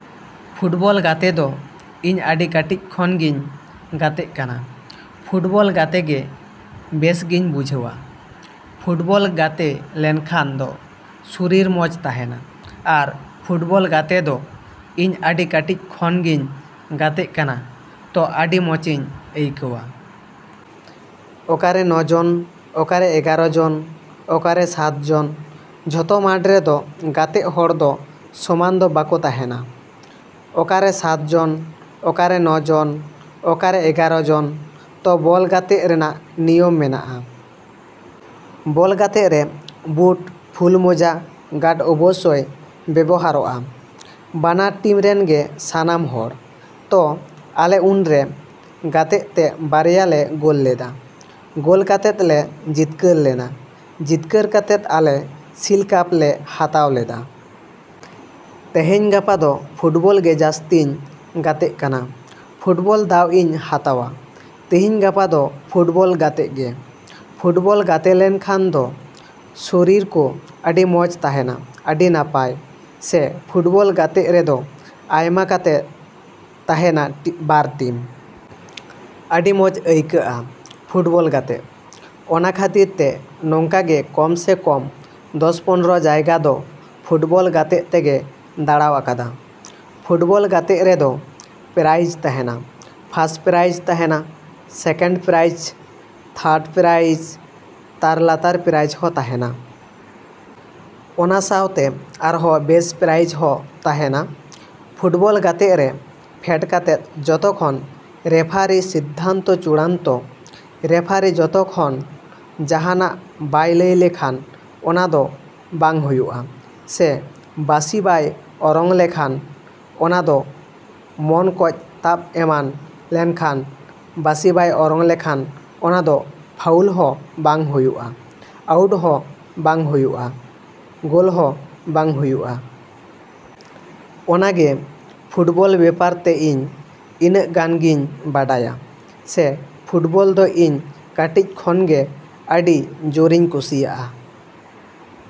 Football ᱜᱟᱛᱮ ᱫᱚ ᱤᱧ ᱟᱹᱰᱤ ᱠᱟᱹᱴᱤᱡ ᱠᱷᱚᱱ ᱜᱮᱧ ᱜᱟᱛᱮᱜ ᱠᱟᱱᱟ᱾ ᱯᱷᱩᱴᱵᱚᱞ ᱜᱟᱛᱮ ᱜᱮ ᱵᱮᱥᱜᱤᱧ ᱵᱩᱡᱷᱟᱹᱣᱟ᱾ ᱯᱷᱩᱴᱵᱚᱞ ᱜᱟᱛᱮ ᱞᱮᱱᱠᱷᱟᱱ ᱫᱚ ᱥᱚᱨᱤᱨ ᱢᱚᱡᱽ ᱛᱟᱦᱮᱱᱟ᱾ ᱟᱨ ᱯᱷᱩᱴᱵᱚᱞ ᱜᱟᱛᱮ ᱫᱚ ᱤᱧ ᱟᱹᱰᱤ ᱠᱟᱹᱴᱤᱡ ᱠᱷᱚᱱ ᱜᱤᱧ ᱜᱟᱛᱮᱜ ᱠᱟᱱᱟ ᱛᱚ ᱟᱹᱰᱤ ᱢᱚᱡᱤᱧ ᱟᱹᱭᱠᱟᱹᱣᱟ᱾ ᱚᱠᱟᱨᱮ ᱱᱚ ᱡᱚᱱ, ᱚᱠᱟᱨᱮ ᱮᱜᱟᱨᱚ ᱡᱚᱱ, ᱚᱠᱟᱨᱮ ᱥᱟᱛ ᱡᱚᱱ᱾ ᱡᱚᱛᱚ ᱢᱟᱴᱷ ᱨᱮᱫᱚ ᱜᱟᱛᱮᱜ ᱦᱚᱲ ᱫᱚ ᱥᱚᱢᱟᱱ ᱫᱚ ᱵᱟᱠᱚ ᱛᱟᱦᱮᱱᱟ᱾ ᱚᱠᱟᱨᱮ ᱥᱟᱛ ᱡᱚᱱ, ᱚᱠᱟᱨᱮ ᱱᱚ ᱡᱚᱱ, ᱚᱠᱟᱨᱮ ᱮᱜᱟᱨᱚ ᱡᱚᱱ᱾ ᱛᱚ ᱵᱚᱞ ᱜᱟᱛᱮᱜ ᱨᱮᱱᱟᱜ ᱱᱤᱭᱚᱢ ᱢᱮᱱᱟᱜᱼᱟ᱾ ᱵᱚᱞ ᱜᱟᱛᱮᱜ ᱨᱮ ᱵᱩᱴ, ᱯᱷᱩᱞ ᱢᱚᱡᱟ, ᱜᱟᱨᱰ ᱚᱵᱚᱥᱥᱚᱭ ᱵᱮᱵᱚᱦᱟᱨᱚᱜᱼᱟ᱾ ᱵᱟᱱᱟᱨ ᱴᱤᱢ ᱨᱮᱱ ᱜᱮ ᱥᱟᱱᱟᱢ ᱦᱚᱲ᱾ ᱛᱚ ᱟᱞᱮ ᱩᱱᱨᱮ ᱜᱟᱛᱮᱜ ᱛᱮ ᱵᱟᱨᱭᱟ ᱞᱮ ᱜᱳᱞ ᱞᱮᱫᱟ᱾ ᱜᱳᱞ ᱠᱟᱛᱮᱫ ᱞᱮ ᱡᱤᱛᱠᱟᱹᱨ ᱞᱮᱱᱟ᱾ ᱡᱤᱛᱠᱟᱹᱨ ᱠᱟᱛᱮᱫ ᱟᱞᱮ ᱥᱤᱞ ᱠᱟᱯ ᱞᱮ ᱦᱟᱛᱟᱣ ᱞᱮᱫᱟ᱾ ᱛᱮᱦᱮᱧ ᱜᱟᱯᱟ ᱫᱚ ᱯᱷᱩᱴᱵᱚᱞ ᱜᱮ ᱡᱟᱹᱥᱛᱤᱧ ᱜᱟᱛᱮᱜ ᱠᱟᱱᱟ᱾ ᱯᱷᱩᱴᱵᱚᱞ ᱫᱟᱣ ᱤᱧ ᱦᱟᱛᱟᱣᱟ᱾ ᱛᱮᱦᱮᱧ ᱜᱟᱯᱟ ᱫᱚ ᱯᱷᱩᱴᱵᱚᱞ ᱜᱟᱛᱮᱜ ᱜᱮ᱾ ᱯᱷᱩᱴᱵᱚᱞ ᱜᱟᱛᱮ ᱞᱮᱱᱠᱷᱟᱱ ᱫᱚ ᱥᱚᱨᱤᱨ ᱠᱚ ᱟᱹᱰᱤ ᱢᱚᱡᱽ ᱛᱟᱦᱮᱱᱟ, ᱟᱹᱰᱤ ᱱᱟᱯᱟᱭ᱾ ᱥᱮ ᱯᱷᱩᱴᱵᱚᱞ ᱜᱟᱛᱮᱜ ᱨᱮᱫᱚ ᱟᱭᱢᱟ ᱠᱟᱛᱮᱜ ᱛᱟᱦᱮᱱᱟ ᱵᱟᱨ ᱴᱤᱢ᱾ ᱟᱹᱰᱤ ᱢᱚᱡᱽ ᱟᱹᱭᱠᱟᱹᱜᱼᱟ ᱯᱷᱩᱴᱵᱚᱞ ᱜᱟᱛᱮᱜ᱾ ᱚᱱᱟ ᱠᱷᱟᱹᱛᱤᱨ ᱛᱮ ᱱᱚᱝᱠᱟ ᱜᱮ ᱠᱚᱢ ᱥᱮ ᱠᱚᱢ ᱫᱚᱥᱼᱯᱚᱱᱨᱚ ᱡᱟᱭᱜᱟ ᱫᱚ ᱯᱷᱩᱴᱵᱚᱞ ᱜᱟᱛᱮᱜ ᱛᱮᱜᱮ ᱫᱟᱬᱟᱣ ᱟᱠᱟᱫᱟ᱾ ᱯᱷᱩᱴᱵᱚᱞ ᱜᱟᱛᱮᱜ ᱨᱮᱫᱚ ᱯᱨᱟᱭᱤᱡᱽ ᱛᱟᱦᱮᱱᱟ᱾ ᱯᱷᱟᱥ ᱯᱨᱟᱭᱤᱡᱽ ᱛᱟᱦᱮᱱᱟ, ᱥᱮᱠᱮᱱᱰ ᱯᱨᱟᱭᱤᱥ, ᱛᱷᱟᱨᱰ ᱯᱨᱟᱭᱤᱥ, ᱛᱟᱨ ᱞᱟᱛᱟᱨ ᱯᱨᱟᱭᱤᱥᱡ ᱦᱚᱸ ᱛᱟᱦᱮᱱᱟ᱾ ᱚᱱᱟ ᱥᱟᱶᱛᱮ ᱟᱨᱦᱚᱸ ᱵᱮᱹᱥᱴ ᱯᱨᱟᱭᱤᱥ ᱦᱚᱸ ᱛᱟᱦᱮᱱᱟ᱾ ᱯᱷᱩᱴᱵᱚᱞ ᱜᱟᱛᱮᱜ ᱨᱮ ᱯᱷᱮᱰ ᱠᱟᱛᱮᱫ ᱡᱚᱛᱚᱠᱷᱚᱱ ᱨᱮᱯᱷᱟᱨᱤ ᱥᱤᱫᱽᱫᱷᱟᱱᱛᱚ ᱪᱩᱲᱟᱱᱛᱚ᱾ ᱨᱮᱯᱷᱟᱨᱤ ᱡᱚᱛᱚᱠᱷᱚᱱ ᱡᱟᱦᱟᱱᱟᱜ ᱵᱟᱭ ᱞᱟᱹᱭ ᱞᱮᱠᱷᱟᱱ ᱚᱱᱟ ᱫᱚ ᱵᱟᱝ ᱦᱩᱭᱩᱜᱼᱟ᱾ ᱥᱮ ᱵᱟᱸᱥᱤ ᱵᱟᱭ ᱚᱨᱚᱝ ᱞᱮᱠᱷᱟᱱ ᱚᱱᱟ ᱫᱚ ᱢᱚᱱ ᱠᱚᱡ ᱛᱟᱵ ᱮᱢᱟᱱ ᱞᱮᱱᱠᱷᱟᱱ ᱵᱟᱸᱥᱤ ᱵᱟᱭ ᱚᱨᱚᱝ ᱞᱮᱠᱷᱟᱱ ᱚᱱᱟ ᱫᱚ ᱯᱷᱟᱣᱩᱞ ᱦᱚᱸ ᱵᱟᱝ ᱦᱩᱭᱩᱜᱼᱟ, ᱟᱣᱩᱴ ᱦᱚᱸ ᱵᱟᱝ ᱦᱩᱭᱩᱜᱼᱟ, ᱜᱳᱞ ᱦᱚᱸ ᱵᱟᱝ ᱦᱩᱭᱩᱜᱼᱟ᱾ ᱚᱱᱟ ᱜᱮ ᱯᱷᱩᱴᱵᱚᱞ ᱵᱮᱯᱟᱨ ᱛᱮ ᱤᱧ ᱤᱱᱟᱹᱜ ᱜᱟᱱ ᱜᱤᱧ ᱵᱟᱰᱟᱭᱟ᱾ ᱥᱮ ᱯᱷᱩᱴᱵᱚᱞ ᱫᱚ ᱤᱧ ᱠᱟᱹᱴᱤᱡ ᱠᱷᱚᱱ ᱜᱮ ᱟᱹᱰᱤ ᱡᱳᱨᱤᱧ ᱠᱩᱥᱤᱭᱟᱜᱼᱟ᱾।